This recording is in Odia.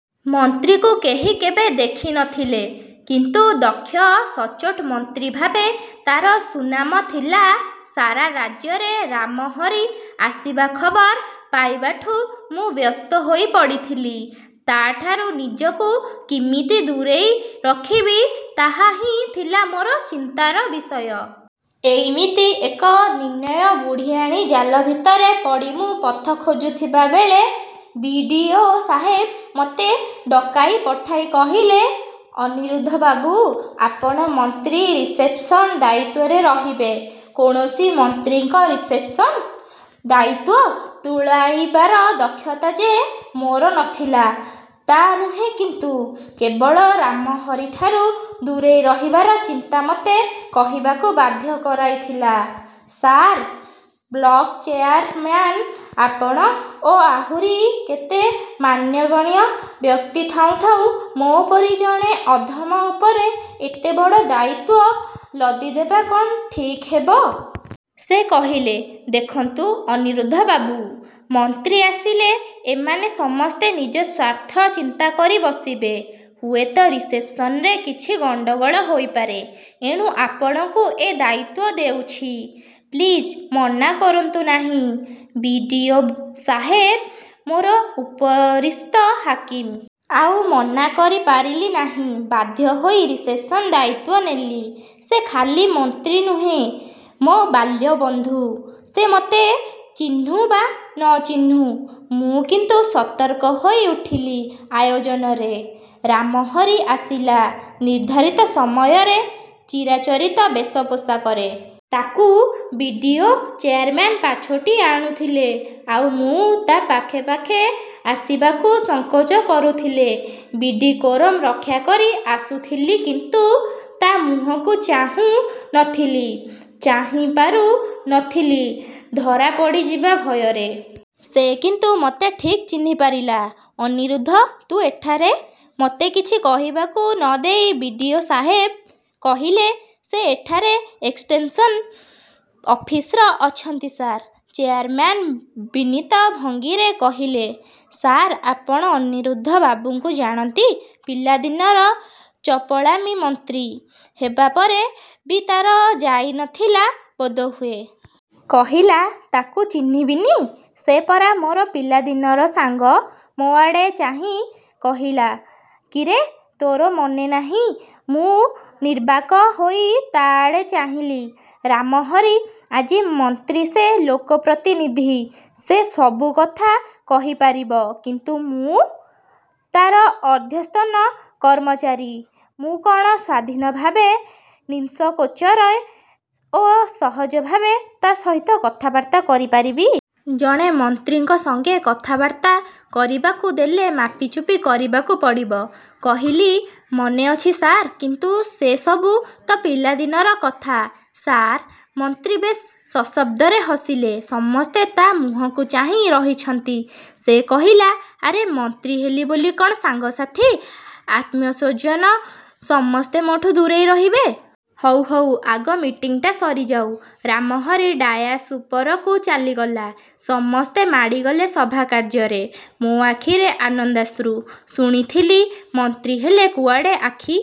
ମନ୍ତ୍ରୀଙ୍କୁ କେହି କେବେ ଦେଖି ନ ଥିଲେ; କିନ୍ତୁ ଦକ୍ଷ ସଚ୍ଚୋଟ ମନ୍ତ୍ରୀ ଭାବେ ତା'ର ସୁନାମ ଥିଲା ସାରା ରାଜ୍ୟରେ ରାମହରି ଆସିବା ଖବର ପାଇବାଠୁଁ ମୁଁ ବ୍ୟସ୍ତ ହୋଇ ପଡ଼ିଥିଲି। ତା' ଠାରୁ ନିଜକୁ କିମିତି ଦୂରେଇ ରଖିବି ତାହା ହିଁ ଥିଲା ମୋର ଚିନ୍ତାର ବିଷୟ। ଏଇମିତି ଏକ ନିର୍ଣ୍ଣୟ ବୁଢ଼ିଆଣୀ ଜାଲ ଭିତରେ ପଡ଼ି ମୁଁ ପଥ ଖୋଜୁଥିବାବେଳେ ବି. ଡ଼ି. ଓ. ସାହେବ ମୋତେ ଡକାଇ ପଠାଇ କହିଲେ–ଅନିରୁଦ୍ଧବାବୁ, ଆପଣ ମନ୍ତ୍ରୀ ରିସେପ୍ସନ ଦାୟିତ୍ୱରେ ରହିବେ। କୌଣସି ମନ୍ତ୍ରୀଙ୍କ ରିସେପ୍ସନ୍। ଦାୟିତ୍ଵ ତୁଲାଇବାର ଦକ୍ଷତା ଯେ ମୋର ନ ଥିଲା ତା' ନୁହେଁ କିନ୍ତୁ; କେବଳ ରାମହରିଠାରୁ ଦୂରେଇ ରହିବାର ଚିନ୍ତା ମୋତେ କହିବାକୁ ବାଧ୍ୟ କରାଇଥିଲା–ସାର୍, ବ୍ଲକ ଚେୟାରମ୍ୟାନ, ଆପଣ ଓ ଆହୁରି କେତେ ମାନ୍ୟଗଣ୍ୟ ବ୍ୟକ୍ତି ଥାଉଁ ଥାଉଁ ମୋ' ପରି ଜଣେ ଅଧମ ଉପରେ ଏତେ ବଡ଼ ଦାୟିତ୍ୱ ଲଦିଦେବା କ'ଣ ଠିକ୍ ହେବ? ସେ କହିଲେ–ଦେଖନ୍ତୁ ଅନିରୁଦ୍ଧବାବୁ, ମନ୍ତ୍ରୀ ଆସିଲେ ଏମାନେ ସମସ୍ତେ ନିଜ ସ୍ଵାର୍ଥ ଚିନ୍ତା କରି ବସିବେ। ହୁଏତ ରିସେପ୍ସନରେ କିଛି ଗଣ୍ଡଗୋଳ ହୋଇପାରେ। ଏଣୁ ଆପଣଙ୍କୁ ଏ ଦାୟିତ୍ଵ ଦେଉଛି। ପ୍ଲିଜ୍ ମନା କରନ୍ତୁ ନାହିଁ। ବି. ଡ଼ି. ଓ. ସାହେବ ମୋର ଉପରିସ୍ଥ ହାକିମ। ଆଉ ମନା କରି ପାରିଲି ନାହିଁ। ବାଧ୍ୟ ହୋଇ ରିସେପ୍ସନ ଦାୟିତ୍ଵ ନେଲି। ସେ ଖାଲି ମନ୍ତ୍ରୀ ନୁହେଁ, ମୋ' ବାଲ୍ୟ ବନ୍ଧୁ। ସେ ମୋତେ ଚିହ୍ନୁ ବା ନ ଚିହ୍ନୁ... ମୁଁ କିନ୍ତୁ ସତର୍କ ହୋଇ ଉଠିଲି ଆୟୋଜନରେ-। ରାମହରି ଆସିଲା–ନିର୍ଦ୍ଧାରିତ ସମୟରେ, ଚିରାଚରିତ ବେଶ ପୋଷାକରେ। ତାକୁ ବି. ଡ଼ି. ଓ., ଚେୟାରମ୍ୟାନ ପାଛୋଟି ଆଣୁଥିଲେ ଆଉ ମୁଁ ତା' ପାଖେ ପାଖେ ଆସିବାକୁ ସଂକୋଚ କରୁଥିଲେ ବି ଡ଼ି କୋରମ୍ ରକ୍ଷା କରି ଆସୁଥିଲି କିନ୍ତୁ; ତା' ମୁହଁକୁ ଚାହୁଁ ନ ଥିଲି, ଚାହିଁପାରୁ ନ ଥିଲି ଧରା ପଡ଼ିଯିବା ଭୟରେ। ସେ କିନ୍ତୁ ମତେ ଠିକ୍ ଚିହ୍ନିପାରିଲା। ଅନିରୁଦ୍ଧ! ତୁ ଏଠାରେ? ମୋତେ କିଛି କହିବାକୁ ନ ଦେଇ ବି. ଡ଼ି. ଓ. ସାହେବ କହିଲେ ସେ ଏଠାରେ ଏକ୍ସଟେନ୍ସନ ଅଫିସର ଅଛନ୍ତି ସାର୍। ଚେୟାରମ୍ୟାନ ବିନୀତ ଭଙ୍ଗୀରେ କହିଲେ–ସାର୍ ଆପଣ ଅନିରୁଦ୍ଧ ବାବୁଙ୍କୁ ଜାଣନ୍ତି? ପିଲାଦିନର ଚପଳାମି ମନ୍ତ୍ରୀ ହେବାପରେ ବି ତାର ଯାଇ ନଥିଲା ବୋଧହୁଏ। କହିଲା–ତାକୁ ଚିହ୍ନିବିନି? ସେ ପରା ମୋର ପିଲାଦିନର ସାଙ୍ଗ। ମୋ' ଆଡ଼େ ଚାହିଁ କହିଲା–କିରେ ତୋର ମନେ ନାହିଁ? ମୁଁ ନିର୍ବାକ ହୋଇ ତା' ଆଡ଼େ ଚାହିଁଲି। ରାମହରି ଆଜି ମନ୍ତ୍ରୀ ସେ ଲୋକପ୍ରତିନିଧି। ସେ ସବୁ କଥା କହି ପାରିବ। କିନ୍ତୁ ମୁଁ... ତା'ର ଅଧ୍ୟସ୍ତନ କର୍ମଚାରୀ, ମୁଁ କ'ଣ ସ୍ଵାଧୀନ ଭାବେ ନିସଂକୋଚରେ ଓ ସହଜ ଭାବେ ତା' ସହିତ କଥାବାର୍ତ୍ତା କରି ପାରିବି? ଜଣେ ମନ୍ତ୍ରୀଙ୍କ ସଙ୍ଗେ କଥାବାର୍ତ୍ତା କରିବାକୁ ଦେଲେ ମାପିଚୁପି କରିବାକୁ ପଡ଼ିବ। କହିଲି–ମନେ ଅଛି ସାର୍। କିନ୍ତୁ ସେ ସବୁ ତ ପିଲାଦିନର କଥା... 'ସାର୍'–ମନ୍ତ୍ରୀ ବେଶ୍ ସଶବ୍ଦରେ ହସିଲେ। ସମସ୍ତେ ତା' ମୁହଁକୁ ଚାହିଁ ରହିଛନ୍ତି। ସେ କହିଲା–ଆରେ ମନ୍ତ୍ରୀ ହେଲି ବୋଲି କ'ଣ ସାଙ୍ଗସାଥୀ, ଆତ୍ମୀୟସ୍ୱଜନ ସମସ୍ତେ ମୋଠୁଁ ଦୂରେଇ ରହିବେ? ହଉ ହଉ–ଆଗ ମିଟିଂଟା ସରିଯାଉ। ରାମହରି ଡାୟାସ୍ ଉପରକୁ ଚାଲିଗଲା। ସମସ୍ତେ ମାଡ଼ିଗଲେ ସଭାକାର୍ଯ୍ୟରେ। ମୋ' ଆଖିରେ ଆନନ୍ଦାଶ୍ରୁ। ଶୁଣିଥିଲି ମନ୍ତ୍ରୀହେଲେ କୁଆଡ଼େ ଆଖି